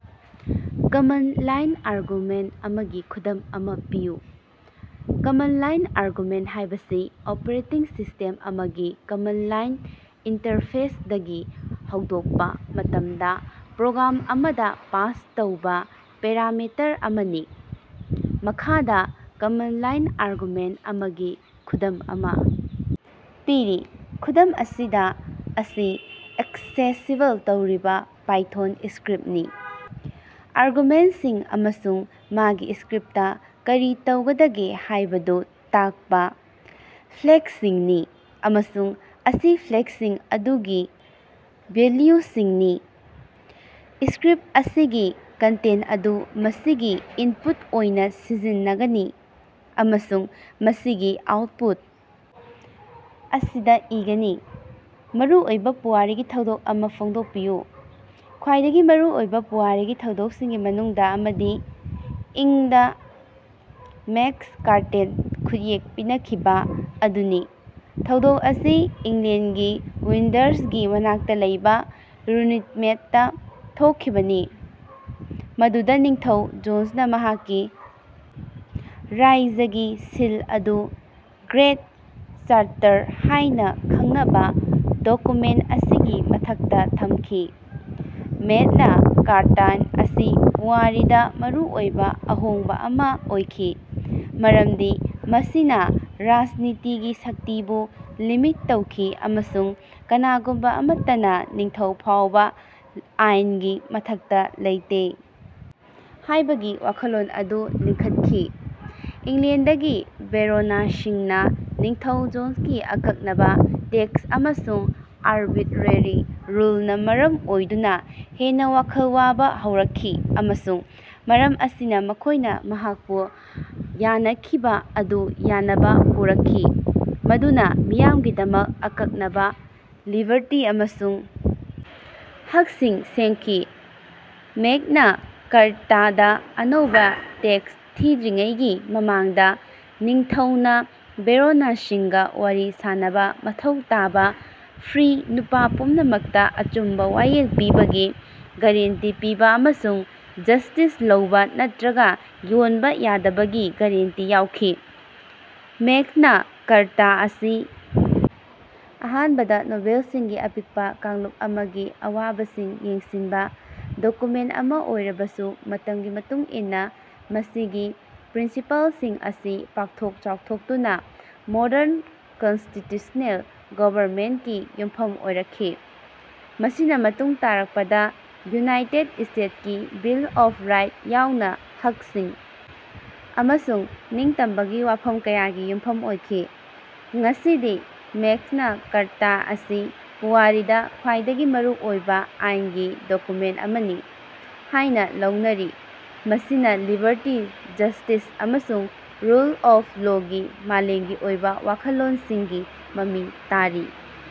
Command line argument ꯑꯃꯒꯤ ꯈꯨꯗꯝ ꯑꯃ ꯄꯤꯌꯨ꯫ ꯀꯃꯟꯗ ꯂꯥꯏꯟ ꯑꯥꯔꯒꯨꯃꯦꯟ ꯍꯥꯏꯕꯁꯤ ꯑꯣꯄꯔꯦꯇꯤꯡ ꯁꯤꯁꯇꯦꯝ ꯑꯃꯒꯤ ꯀꯃꯟꯗ ꯂꯥꯏꯟ ꯏꯟꯇꯔꯐꯦꯁ ꯗꯒꯤ ꯍꯧꯗꯣꯛꯄꯥ ꯃꯇꯝꯗ ꯄ꯭ꯔꯣꯒꯔꯥꯝ ꯑꯃꯗ ꯄꯥꯁ ꯇꯧꯕ ꯄꯦꯔꯥꯃꯤꯇꯔ ꯑꯃꯅꯤ꯫ ꯃꯈꯥꯗ ꯀꯃꯥꯟꯗ ꯂꯥꯏꯟ ꯑꯥꯔꯒꯨꯃꯦꯟ ꯑꯃꯒꯤ ꯈꯨꯗꯝ ꯑꯃ ꯄꯤꯔꯤ ꯈꯨꯗꯝ ꯑꯁꯤꯗ ꯑꯁꯤ ꯑꯦꯛꯁꯦꯁꯤꯕꯜ ꯇꯧꯔꯤꯕ ꯄꯥꯏꯊꯣꯟ ꯁꯀꯔꯤꯞꯅꯤ꯫ ꯑꯥꯔꯒꯨꯃꯦꯟꯁꯤꯡ ꯑꯃꯁꯨꯡ ꯑꯁꯤ ꯁꯀꯔꯤꯞꯇ ꯀꯔꯤ ꯇꯧꯒꯗꯒꯦ ꯍꯥꯌꯕꯗꯨ ꯇꯥꯛꯄ ꯐꯂꯦꯛꯁꯤꯡꯅꯤ ꯑꯃꯁꯨꯡ ꯑꯁꯤ ꯐꯂꯦꯛꯁꯤꯡ ꯑꯗꯨꯒꯤ ꯚꯦꯜꯌꯨꯁꯤꯡꯅꯤ꯫ ꯁꯀꯔꯤꯞ ꯑꯁꯤꯒꯤ ꯀꯟꯇꯦꯟ ꯑꯗꯨ ꯃꯁꯤꯒꯤ ꯏꯟꯄꯨꯠ ꯑꯣꯏꯅ ꯁꯤꯖꯤꯟꯅꯒꯅꯤ ꯑꯃꯁꯨꯡ ꯃꯁꯤꯒꯤ ꯑꯥꯎꯠꯄꯨꯠ ꯑꯁꯤꯗ ꯏꯒꯅꯤ꯫ ꯃꯔꯨꯑꯣꯏꯕ ꯄꯨꯋꯥꯔꯤꯒꯤ ꯊꯧꯗꯣꯛ ꯑꯃ ꯐꯣꯡꯗꯣꯛꯄꯤꯌꯨ꯫ ꯈ꯭ꯋꯥꯏꯗꯒꯤ ꯃꯔꯨ ꯑꯣꯏꯕ ꯄꯨꯋꯥꯔꯤꯒꯤ ꯊꯧꯗꯣꯛꯁꯤꯡꯒꯤ ꯃꯅꯨꯡꯗ ꯑꯃꯗꯤ ꯏꯪ ꯗ ꯃꯦꯛꯅꯥ ꯀꯥꯔꯇꯥꯗ ꯈꯨꯠꯌꯦꯛ ꯄꯤꯅꯈꯤꯕ ꯑꯗꯨꯅꯤ ꯊꯧꯗꯣꯛ ꯑꯁꯤ ꯏꯪꯂꯦꯟꯗꯒꯤ ꯋꯤꯟꯗꯁꯔꯒꯤ ꯃꯅꯥꯛꯇ ꯂꯩꯕ ꯔꯨꯅꯤꯃꯦꯠꯇꯥ ꯊꯣꯛꯈꯤꯕꯅꯤ ꯃꯗꯨꯗ ꯅꯤꯡꯊꯧ ꯖꯣꯟꯁꯅ ꯃꯍꯥꯛꯀꯤ ꯔꯥꯏꯖꯒꯤ ꯁꯤꯜ ꯑꯗꯨ ꯒ꯭ꯔꯦꯠ ꯆꯥꯔꯇꯔ ꯍꯥꯏꯅ ꯈꯪꯅꯕ ꯗꯣꯀꯨꯃꯦꯟ ꯑꯁꯤꯒꯤ ꯃꯊꯛꯇ ꯊꯝꯈꯤ꯫ ꯃꯦꯛꯅ ꯀꯥꯔꯇ ꯑꯁꯤ ꯄꯨꯋꯥꯔꯤꯗ ꯃꯔꯨꯑꯣꯏꯕ ꯑꯍꯣꯡꯕ ꯑꯃ ꯑꯣꯏꯈꯤ ꯃꯔꯝꯗꯤ ꯃꯁꯤꯅ ꯔꯥꯖꯅꯤꯇꯤꯒꯤ ꯁꯛꯇꯤꯕꯨ ꯂꯤꯃꯤꯠ ꯇꯧꯈꯤ ꯑꯃꯁꯨꯡ ꯀꯅꯥꯒꯨꯝꯕ ꯑꯃꯠꯇꯅ ꯅꯤꯡꯊꯧ ꯐꯥꯎꯕꯥ ꯑꯥꯏꯟꯒꯤ ꯃꯊꯛꯇ ꯂꯩꯇꯦ ꯍꯥꯌꯕꯒꯤ ꯋꯥꯈꯜꯂꯣꯟ ꯑꯗꯨ ꯂꯤꯡꯈꯠꯈꯤ꯫ ꯏꯪꯂꯦꯟꯗꯒꯤ ꯕꯦꯔꯣꯅꯁꯤꯡꯅ ꯅꯤꯡꯊꯧ ꯖꯣꯟꯁꯀꯤ ꯑꯀꯛꯅꯕ ꯇꯦꯛꯁ ꯑꯃꯁꯨꯡ ꯑꯔꯕꯤꯠꯔꯦꯔꯤ ꯔꯨꯜꯅꯥ ꯃꯔꯝ ꯑꯣꯏꯗꯨꯅ ꯍꯦꯟꯅ ꯋꯥꯈꯜ ꯋꯥꯕ ꯍꯧꯔꯛꯈꯤ ꯑꯃꯁꯨꯡ ꯃꯔꯝ ꯑꯁꯤꯅ ꯃꯈꯣꯏꯅ ꯃꯍꯥꯛꯄꯨ ꯌꯥꯅꯈꯤꯕ ꯑꯗꯨ ꯌꯥꯅꯕ ꯄꯨꯔꯛꯈꯤ ꯃꯗꯨꯅ ꯃꯤꯌꯥꯝꯒꯤꯗꯃꯛ ꯑꯀꯛꯅꯕ ꯂꯤꯕꯔꯇꯤ ꯑꯃꯁꯨꯡ ꯍꯛꯁꯤꯡ ꯁꯦꯝꯈꯤ꯫ ꯃꯦꯛꯅ ꯀꯥꯔꯇꯥꯗ ꯑꯅꯧꯕ ꯇꯦꯛꯁ ꯊꯤꯗ꯭ꯔꯤꯉꯩꯒꯤ ꯃꯃꯥꯡꯗ ꯅꯤꯡꯊꯧꯅ ꯕꯦꯔꯣꯅꯁꯤꯡꯒ ꯋꯥꯔꯤ ꯁꯥꯅꯕ ꯃꯊꯧ ꯇꯥꯕ ꯐ꯭ꯔꯤ ꯅꯨꯄꯥ ꯄꯨꯝꯅꯃꯛꯇ ꯑꯆꯨꯝꯕ ꯋꯥꯌꯦꯜ ꯄꯤꯕꯒꯤ ꯒꯔꯦꯟꯇꯤ ꯄꯤꯕ ꯑꯃꯁꯨꯡ ꯖꯁ꯭ꯇꯤꯁ ꯂꯧꯕ ꯅꯠꯇ꯭ꯔꯒ ꯌꯣꯟꯕ ꯌꯥꯗꯕꯒꯤ ꯒꯔꯦꯟꯇꯤ ꯌꯥꯎꯈꯤ꯫ ꯃꯦꯛꯅꯥ ꯀꯥꯔꯇ ꯑꯁꯤ ꯑꯍꯥꯅꯕꯗ ꯅꯣꯕꯦꯜꯁꯤꯡꯒꯤ ꯑꯄꯤꯀꯄ ꯀꯥꯡꯂꯨꯞ ꯑꯃꯒꯤ ꯑꯋꯥꯕꯁꯤꯡ ꯌꯦꯡꯁꯤꯟꯕ ꯗꯣꯀꯨꯃꯦꯟ ꯑꯃ ꯑꯣꯏꯔꯕꯁꯨ ꯃꯇꯝꯒꯤ ꯃꯇꯨꯡ ꯏꯟꯅ ꯃꯁꯤꯒꯤ ꯄ꯭ꯔꯤꯟꯁꯤꯄꯜꯁꯤꯡ ꯑꯁꯤ ꯄꯥꯛꯊꯣꯛ ꯆꯥꯎꯊꯣꯛꯇꯨꯅ ꯃꯣꯗꯔꯟ ꯀꯟꯁꯇꯤꯇꯨꯁ꯭ꯅꯦꯜ ꯒꯕꯔꯃꯦꯟꯀꯤ ꯌꯨꯝꯐꯝ ꯑꯣꯏꯔꯛꯈꯤ꯫ ꯃꯁꯤꯅ ꯃꯇꯨꯡ ꯇꯥꯔꯛꯄꯗ ꯌꯨꯅꯥꯏꯇꯦꯠ ꯁ꯭ꯇꯦꯁꯀꯤ ꯕꯤꯜ ꯑꯣꯐ ꯔꯥꯏꯠ ꯌꯥꯎꯅ ꯍꯛꯁꯤꯡ ꯑꯃꯁꯨꯡ ꯅꯤꯡꯇꯝꯕꯒꯤ ꯋꯥꯐꯝ ꯀꯌꯥꯒꯤ ꯌꯨꯝꯐꯝ ꯑꯣꯏꯈꯤ꯫ ꯉꯁꯤꯗꯤ ꯃꯦꯛꯅꯥ ꯀꯥꯔꯇ ꯑꯁꯤ ꯄꯨꯋꯥꯔꯤꯗ ꯈ꯭ꯋꯥꯏꯗꯒꯤ ꯃꯔꯨꯑꯣꯏꯕ ꯑꯥꯏꯟꯒꯤ ꯗꯣꯀꯨꯃꯦꯟ ꯑꯃꯅꯤ ꯍꯥꯏꯅ ꯂꯧꯅꯔꯤ ꯃꯁꯤꯅ ꯂꯤꯕꯔꯇꯤ ꯖꯁꯇꯤꯁ ꯑꯃꯁꯨꯡ ꯔꯨꯜ ꯑꯣꯐ ꯂꯣꯒꯤ ꯃꯥꯂꯦꯝꯒꯤ ꯑꯣꯏꯕ ꯋꯥꯈꯜꯂꯣꯟꯁꯤꯡꯒꯤ ꯃꯃꯤ ꯇꯥꯔꯤ꯫